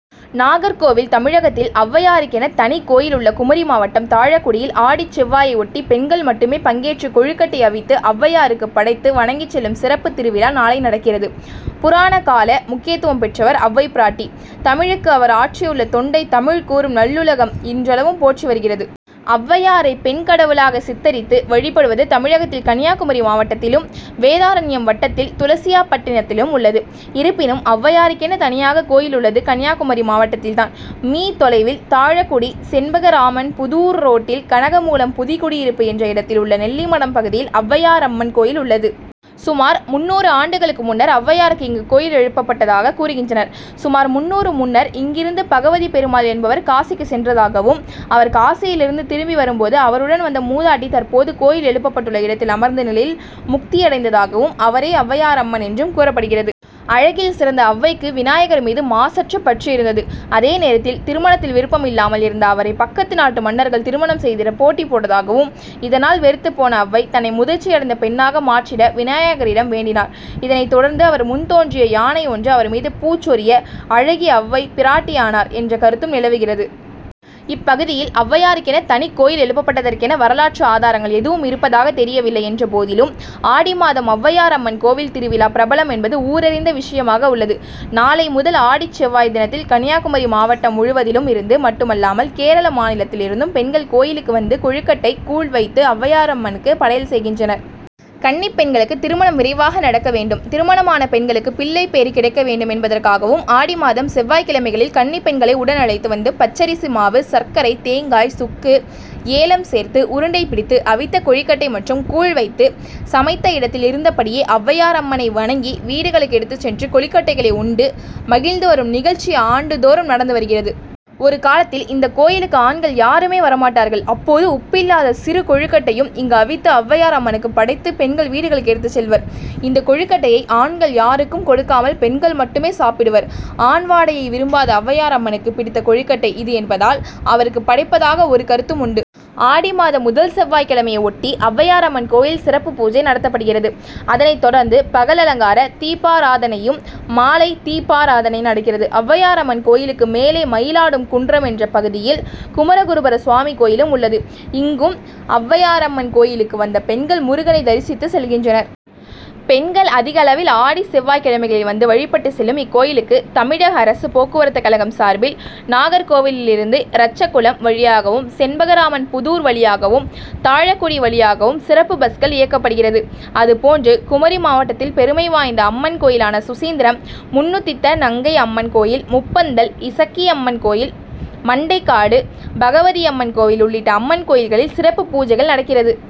நாகர்கோவில் தமிழகத்தில் அவ்வையாருக்கென தனிக் கோயில் உள்ள குமரி மாவட்டம் தாழக்குடியில் ஆடிச் செவ்வாயை ஒட்டி பெண்கள் மட்டுமே பங்கேற்று கொழுக்கட்டை அவித்து அவ்வையாருக்கு படைத்து வணங்கிச் செல்லும் சிறப்பு திருவிழா நாளை நடக்கிறது. புராண கால முக்கியத்துவம் பெற்றவர் அவ்வை பிராட்டி. தமிழுக்கு அவர் ஆற்றியுள்ள தொண்டை தமிழ் கூறும் நல்லுலகம் இன்றளவும் போற்றி வருகிறது. அவ்வையாரை பெண் கடவுளாக சித்தரித்து வழிபடுவது தமிழகத்தில் கன்னியாகுமரி மாவட்டத்திலும், வேதாரண்யம் வட்டத்தில் துளசியாப்பட்டினத்திலும் உள்ளது. இருப்பினும் அவ்வையாருக்கென தனியாக கோயில் உள்ளது கன்னியாகுமரி மாவட்டத்தில் தான். மீ. தொலைவில் தாழக்குடி-செண்பகராமன்புதூர் ரோட்டில் கனகமூலம் புதுகுடியிருப்பு என்ற இடத்தில் உள்ள நெல்லிமடம் பகுதியில் அவ்வையாரம்மன் கோயில் உள்ளது. சுமார் முந்நூறு ஆண்டுகளுக்கு முன்னர் அவ்வையாருக்கு இங்கு கோயில் எழுப்பப் பட்டதாக கூறுகின்றனர். சுமார் முந்நூறு முன்னர் இங்கிருந்து பகவதிப் பெருமாள் என்பவர் காசிக்கு சென்றதாகவும், அவர் காசியில் இருந்து திரும்பி வரும்போது அவருடன் வந்த மூதாட்டி தற்போது கோயில் எழுப்பப்பட்டுள்ள இடத்தில் அமர்ந்த நிலையில் முக்தியடைந்ததாகவும், அவரே அவ்வையாரம்மன் என்றும் கூறப்படுகிறது. அழகில் சிறந்த அவ்வைக்கு விநாயகர் மீது மாசற்ற பற்று இருந்தது. அதே நேரத்தில் திருமணத்தில் விருப்பம் இல்லாமல் இருந்த அவரை பக்கத்து நாட்டு மன்னர்கள் திருமணம் செய்திட போட்டி போட்டதாகவும், இதனால் வெறுத்துப்போன அவ்வை, தன்னை முதிர்ச்சி அடைந்த பெண்ணாக மாற்றிட விநாயகரிடம் வேண்டினார். இதனை தொடர்ந்து அவர் முன்தோன்றிய யானை ஒன்று அவர் மீது பூச்சொரிய, அழகி அவ்வை, பிராட்டியானார் என்ற கருத்தும் நிலவுகிறது. இப்பகுதியில் அவ்வையாருக்கென தனிக் கோயில் எழுப்பப்பட்டதற்கென வரலாற்று ஆதாரங்கள் எதுவும் இருப்பதாக தெரியவில்லை என்றபோதிலும் ஆடி மாதம் அவ்வையாரம்மன் கோயில் திருவிழா பிரபலம் என்பது ஊரறிந்த விஷயமாக உள்ளது. நாளை முதல் ஆடிச் செவ்வாய் தினத்தில் கன்னியாகுமரி மாவட்டம் முழுவதிலும் இருந்து மட்டுமல்லாமல், கேரள மாநிலத்தில் இருந்தும் பெண்கள் கோயிலுக்கு வந்து கொழுக்கட்டை, கூழ் வைத்து அவ்வையாரம்மனுக்கு படையல் செய்கின்றனர். கன்னிப் பெண்களுக்கு திருமணம் விரைவாக நடக்க வேண்டும். திருமணமான பெண்களுக்கு பிள்ளைப்பேறு கிடைக்க வேண்டும் என்பதற்காகவும் ஆடி மாதம் செவ்வாய்க் கிழமைகளில் கன்னிப் பெண்களை உடன் அழைத்து வந்து பச்சரிசி மாவு, சர்க்கரை, தேங்காய், சுக்கு, ஏலம் சேர்த்து உருண்டை பிடித்து அவித்த கொழுக்கட்டை மற்றும் கூழ் வைத்து சமைத்த இடத்தில் இருந்தபடியே அவ்வையாரம்மனை வணங்கி வீடுகளுக்கு எடுத்து சென்று கொழுக்கட்டைகளை உண்டு மகிழ்ந்து வரும் நிகழ்ச்சி ஆண்டு தோறும் நடந்து வருகிறது. ஒரு காலத்தில் இந்தக் கோயிலுக்கு ஆண்கள் யாருமே வரமாட்டார்கள். அப்போது உப்பில்லாத சிறு கொழுக்கட்டையும் இங்கு அவித்து அவ்வையார் அம்மனுக்கு படைத்து பெண்கள் வீடுகளுக்கு எடுத்து செல்வர். இந்த கொழுக்கட்டையை ஆண்கள் யாருக்கும் கொடுக்காமல் பெண்கள் மட்டுமே சாப்பிடுவர். ஆண் வாடையை விரும்பாத அவ்வையாரம்மனுக்கு பிடித்த கொழுக்கட்டை இது என்பதால் அவருக்கு படைப்பதாக ஒரு கருத்தும் உண்டு. ஆடி மாத முதல் செவ்வாய் கிழமையை ஒட்டி அவ்வையாரம்மன் கோயில் சிறப்பு பூஜை நடத்தப்படுகிறது. அதனை தொடர்ந்து பகல் அலங்கார தீபாராதனையும், மாலை தீபாராதனை நடக்கிறது. அவ்வையாரம்மன் கோயிலுக்கு மேலே மயிலாடும் குன்றம் என்ற பகுதியில் குமரகுருபர சுவாமி கோயிலும் உள்ளது. இங்கும் அவ்வையாரம்மன் கோயிலுக்கு வந்த பெண்கள் முருகனை தரிசித்து செல்கின்றனர். பெண்கள் அதிக அளவில் ஆடி செவ்வாய் கிழமைகளில் வந்து வழிபட்டு செல்லும் இக்கோயிலுக்கு தமிழக அரசு போக்குவரத்து கழகம் சார்பில் நாகர்கோவிலில் இருந்து இறச்சகுளம், வழியாகவும், செண்பகராமன்புதூர் வழியாகவும், தாழக்குடி வழியாகவும் சிறப்பு பஸ்கள் இயக்கபடுகிறது. அதுபோன்று குமரி மாவட்டத்தில் பெருமை வாய்ந்த அம்மன் கோயிலான சுசீந்திரம் முன்னுதித்தநங்கைஅம்மன் கோயில், முப்பந்தல் இசக்கியம்மன் கோயில், மண்டைகாடு பகவதியம்மன்கோயில் உள்ளிட்ட அம்மன்கோயில்களில் சிறப்பு பூஜைகள் நடக்கிறது.